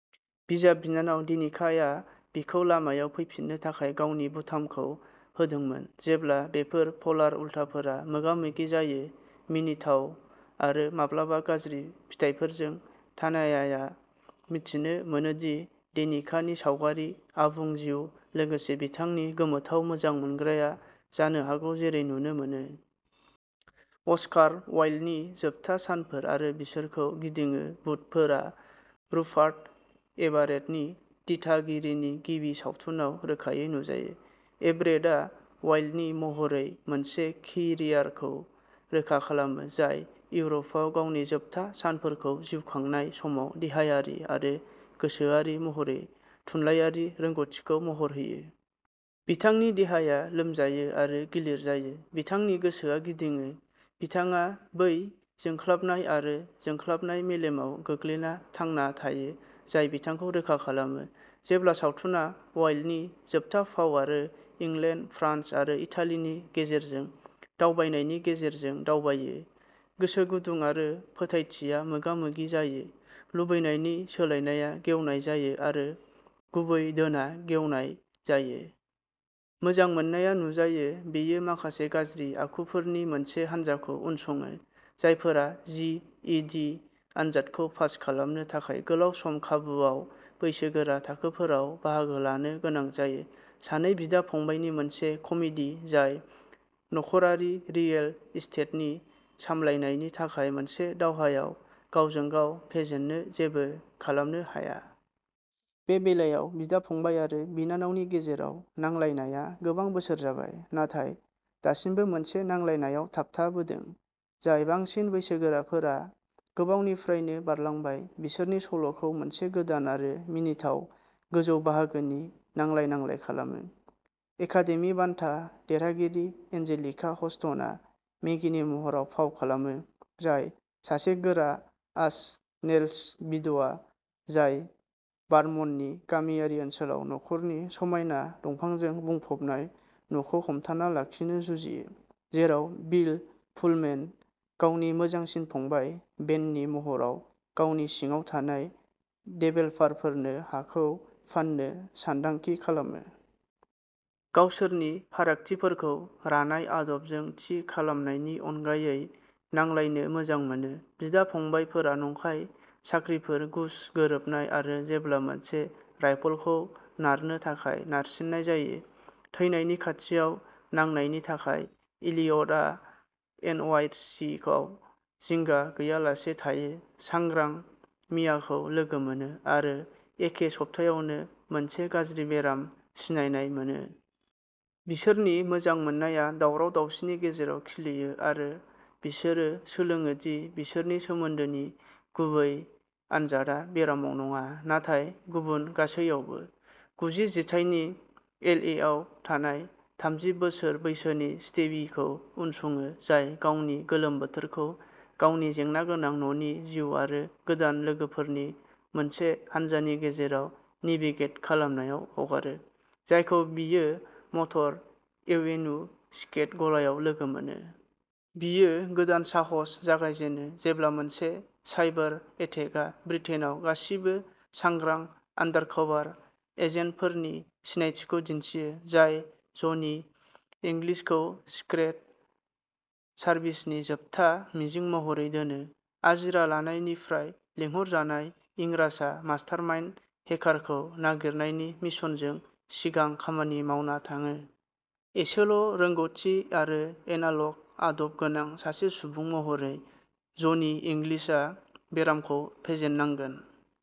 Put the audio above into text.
बिजाब बिनानाव डेनिका आ बिखौ लामायाव फैफिननो थाखाय गावनि बुटामखौ होदोंमोन। जेब्ला बेफोर पलार उल्थाफोरा मोगा मोगि जायो मिनिथाव आरो माब्लाबा गाज्रि फिथायफोरजों तान्याआ मिथिनो मोनो दि डेनिकानि सावगारि आबुं जिउ लोगोसे बिथांनि गोमोथाव मोजां मोनग्राया जानो हागौ जेरै नुनो मोनो। अस्कार वाइल्डनि जोबथा सानफोर आरो बिसोरखौ गिदिङो भुतफोरा रुपार्ट एभारेटनि दिथागिरिनि गिबि सावथुनआव रोखायै नुजायो। एभरेटआ वाइल्डनि महरै मोनसे केरियारखौ रोखा खालामो, जाय इउर'पआव गावनि जोबथा सानफोरखौ जिउ खांनाय समाव देहायारि आरो गोसोआरि महरै थुनलायारि रोंग'थिखौ महर होयो। बिथांनि देहाया लोमजायो आरो गिलिर जायो, बिथांनि गोसोआ गिदिङो, बिथाङा बै जोंख्लाबनाय आरो जोंख्लाबनाय मेलेमाव गोग्लैना थांना थायो जाय बिथांखौ रोखा खालामो। जेब्ला सावथुना वाइल्डनि जोबथा फाव आरो इंलेन्ड, फ्रान्स आरो इटालिनि गेजेरजों दावबायनायनि गेजेरजों दावबायो, गोसो गुदुं आरो फोथायथिआ मोगा मोगि जायो, लुबैनायनि सोलायनाया गेवनाय जायो, आरो गुबै धोनआ गेवनाय जायो। मोजां मोननाया नुजायो। बेयो माखासे गाज्रि आखुफोरनि मोनसे हानजाखौ उनसङो, जायफोरा जि इ डि आनजादखौ पास खालामनो थाखाय गोलाव सम खाबुआव बैसोगोरा थाखोफोराव बाहागो लानो गोनां जायो। सानै बिदा-फंबायनि मोनसे कमेडि, जाय नखरारि रियेल एस्टेटनि सामलायनायनि थाखाय मोनसे दावहायाव गावजों गाव फेजेननो जेबो खालामनो हाया। बे बेलायाव, बिदा-फंबाय आरो बिनानावनि गेजेराव नांलायलायनाया गोबां बोसोर जाबाय, नाथाय दासिमबो मोनसे नांलायलायनायाव थाबथाबोदों, जाय बांसिन बैसोगोराफोरा गोबावनिफ्रायनो बारलांबाय, बिसोरनि सल'खौ मोनसे गोदान आरो मिनिथाव गोजौ बाहागोनि नांलाय-नांलाय खालामो। एकादेमि बान्था देरहागिरि एन्जेलिका हस्टनआ मेगीनि महराव फाव खालामो, जाय सासे गोरा आस नेल्स बिधवा, जाय भार्मन्टनि गामियारि ओनसोलाव नखरनि समायना दंफांजों बुंफबनाय न'खौ हमथाना लाखिनो जुजियो, जेराव बिल पुलमेन, गावनि मोजांसिन फंबाय, बेननि महराव, गावनि सिङाव थानाय डेभेलपारफोरनो हाखौ फान्नो सानथांखि खालामो। गावसोरनि फारागथिफोरखौ रानाय आदबजों थि खालामनायनि अनगायै नांलायनो मोजां मोनो, बिदा-फंबायफोरा नंखाय साख्रिफोर, घुस, गोरोबनाय आरो, जेब्ला मोनसे राइफलखौ नारनो थाखाय नारसिन्नाय जायो, थैनायनि खाथियाव नांनायनि थाखाय। इलियटआ एनवाईसीआव जिंगा गैयालासे थायो, सांग्रां मियाखौ लोगो मोनो, आरो एखे सप्तायावनो मोनसे गाज्रि बेराम सिनायनाय मोनो। बिसोरनि मोजां मोननाया दावराव-दावसिनि गेजेराव खिलियो आरो बिसोरो सोलोङो दि बिसोरनि सोमोन्दोनि गुबै आनजादआ बेरामाव नङा, नाथाय गुबुन गासैयावबो। गुजि जिथाइनि एलएआव थानाय थामजि बोसोर बैसोनि स्टेभिखौ उनसङो, जाय गावनि गोलोम बोथोरखौ गावनि जेंनागोनां न'नि जिउ आरो गोदान लोगोफोरनि मोनसे हान्जानि गेजेराव नेभिगेट खालामनायाव हगारो, जायखौ बियो मटर एवेन्यु स्केट गलायाव लोगो मोनो। बियो गोदान साहस जागायजेनो जेब्ला मोनसे साइबर एटेकआ ब्रिटेनआव गासिबो सांग्रां आन्डारकभार एजेन्टफोरनि सिनायथिखौ दिन्थियो, जाय जनि इंग्लिशखौ सिक्रेट सार्भिसनि जोबथा मिजिं महरै दोनो। आजिरा लानायनिफ्राय लिंहरजानाय, इंराजआ मास्टारमाइन्ड हेकारखौ नागिरनायनि मिशनजों सिगां खामानि मावना थाङो। एसेल' रोंग'थि आरो एनालग आदब गोनां सासे सुबुं महरै, जनि इंग्लिशआ बेरामखौ फेजेननांगोन।